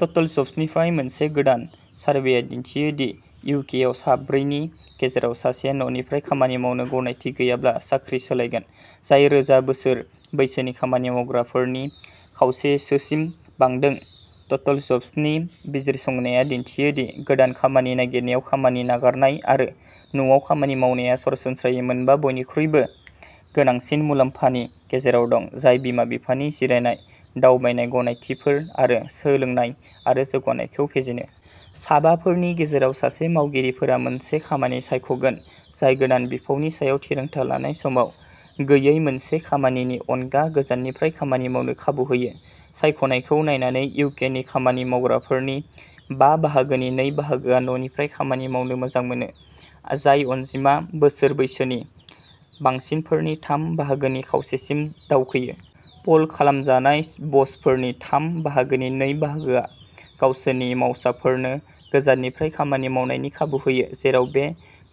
टोटलजब्सनिफ्राय मोनसे गोदान सारभेया दिन्थियो दि इउ. के. आव साब्रैनि गेजेराव सासेआ न'निफ्राय खामानि मावनो गनायथि गैयाब्ला साख्रि सोलायगोन, जाय रोजा बोसोर बैसोनि खामानि मावग्राफोरनि खावसेसोसिम बांदों। टोटलजब्स'नि बिजिरसंनाया दिन्थियो दि गोदान खामानि नागिरनायाव खामानि नागारनाय आरो न'आव खामानि मावनाया सरासनस्रायै मोनबा बयनिख्रुइबो गोनांसिन मुलाम्फानि गेजेराव दं, जाय बिमा-बिफानि जिरायनाय, दावबायनाय गनायथिफोर आरो सोलोंनाय आरो जौगानायखौ फेजेनो। साबाफोरनि गेजेराव सासे मावगिरिफोरा मोनसे खामानि सायख'गोन जाय गोदान बिफावनि सायाव थिरांथा लानाय समाव गैयै मोनसे खामानिनि अनगा गोजाननिफ्राय खामानि मावनो खाबु होयो। सायख'नायखौ नायनानै, इउ. के. नि खामानि मावग्राफोरनि बा बाहागोनि नै बाहागोआ न'निफ्राय खामानि मावनो मोजां मोनो, जाय अनजिमा बोसोर बैसोनि बांसिनफोरनि थाम बाहागोनि खावसेसिम दावखोयो। पोल खालामजानाय बसफोरनि थाम बाहागोनि नै बाहागोआ गावसोरनि मावसाफोरनो गोजाननिफ्राय खामानि मावनायनि खाबु होयो, जेराव बे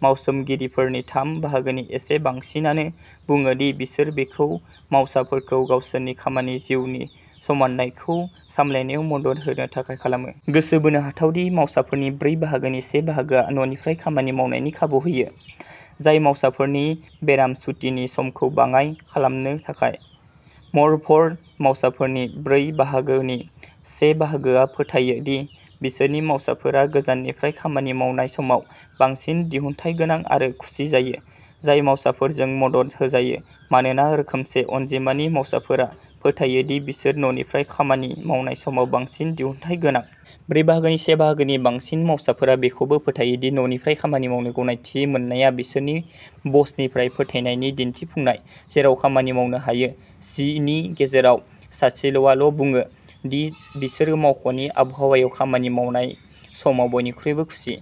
मावसोमगिरिफोरनि थाम बाहागोनि एसे बांसिनानो बुङो दि बिसोर बेखौ मावसाफोरखौ गावसोरनि खामानि-जिउनि समानथायखौ सामलायनायाव मदद होनो थाखाय खालामो। गोसो बोनो हाथाव दि, मावसाफोरनि ब्रै बाहागोनि से बाहागोआ न'निफ्राय खामानि मावनायनि खाबु होयो, जाय मावसाफोरनि बेराम सुतिनि समखौ बाङाय खालामनो थाखाय। म'रभ'र, मावसाफोरनि ब्रै बाहागोनि से बाहागोआ फोथायो दि बिसोरनि मावसाफोरा गोजाननिफ्राय खामानि मावनाय समाव बांसिन दिहुनथायगोनां आरो खुसि जायो, जाय मावसाफोरजों मदद होजायो, मानोना रोखोमसे अनजिमानि मावसाफोरा फोथायो दि बिसोर न'निफ्राय खामानि मावनाय समाव बांसिन दिहुनथायगोनां। ब्रै बाहागोनि से बाहागोनि बांसिन मावसाफोरा बेखौबो फोथायो दि न'निफ्राय खामानि मावनो गनायथि मोननाया बिसोरनि बसनिफ्राय फोथायनायनि दिन्थिफुंनाय। जेराव खामानि मावनो हायो, जि नि गेजेराव सासेआल'बुङो दि बिसोर मावख'नि आबहावायाव खामानि मावनाय समाव बयनिख्रुइबो खुसि।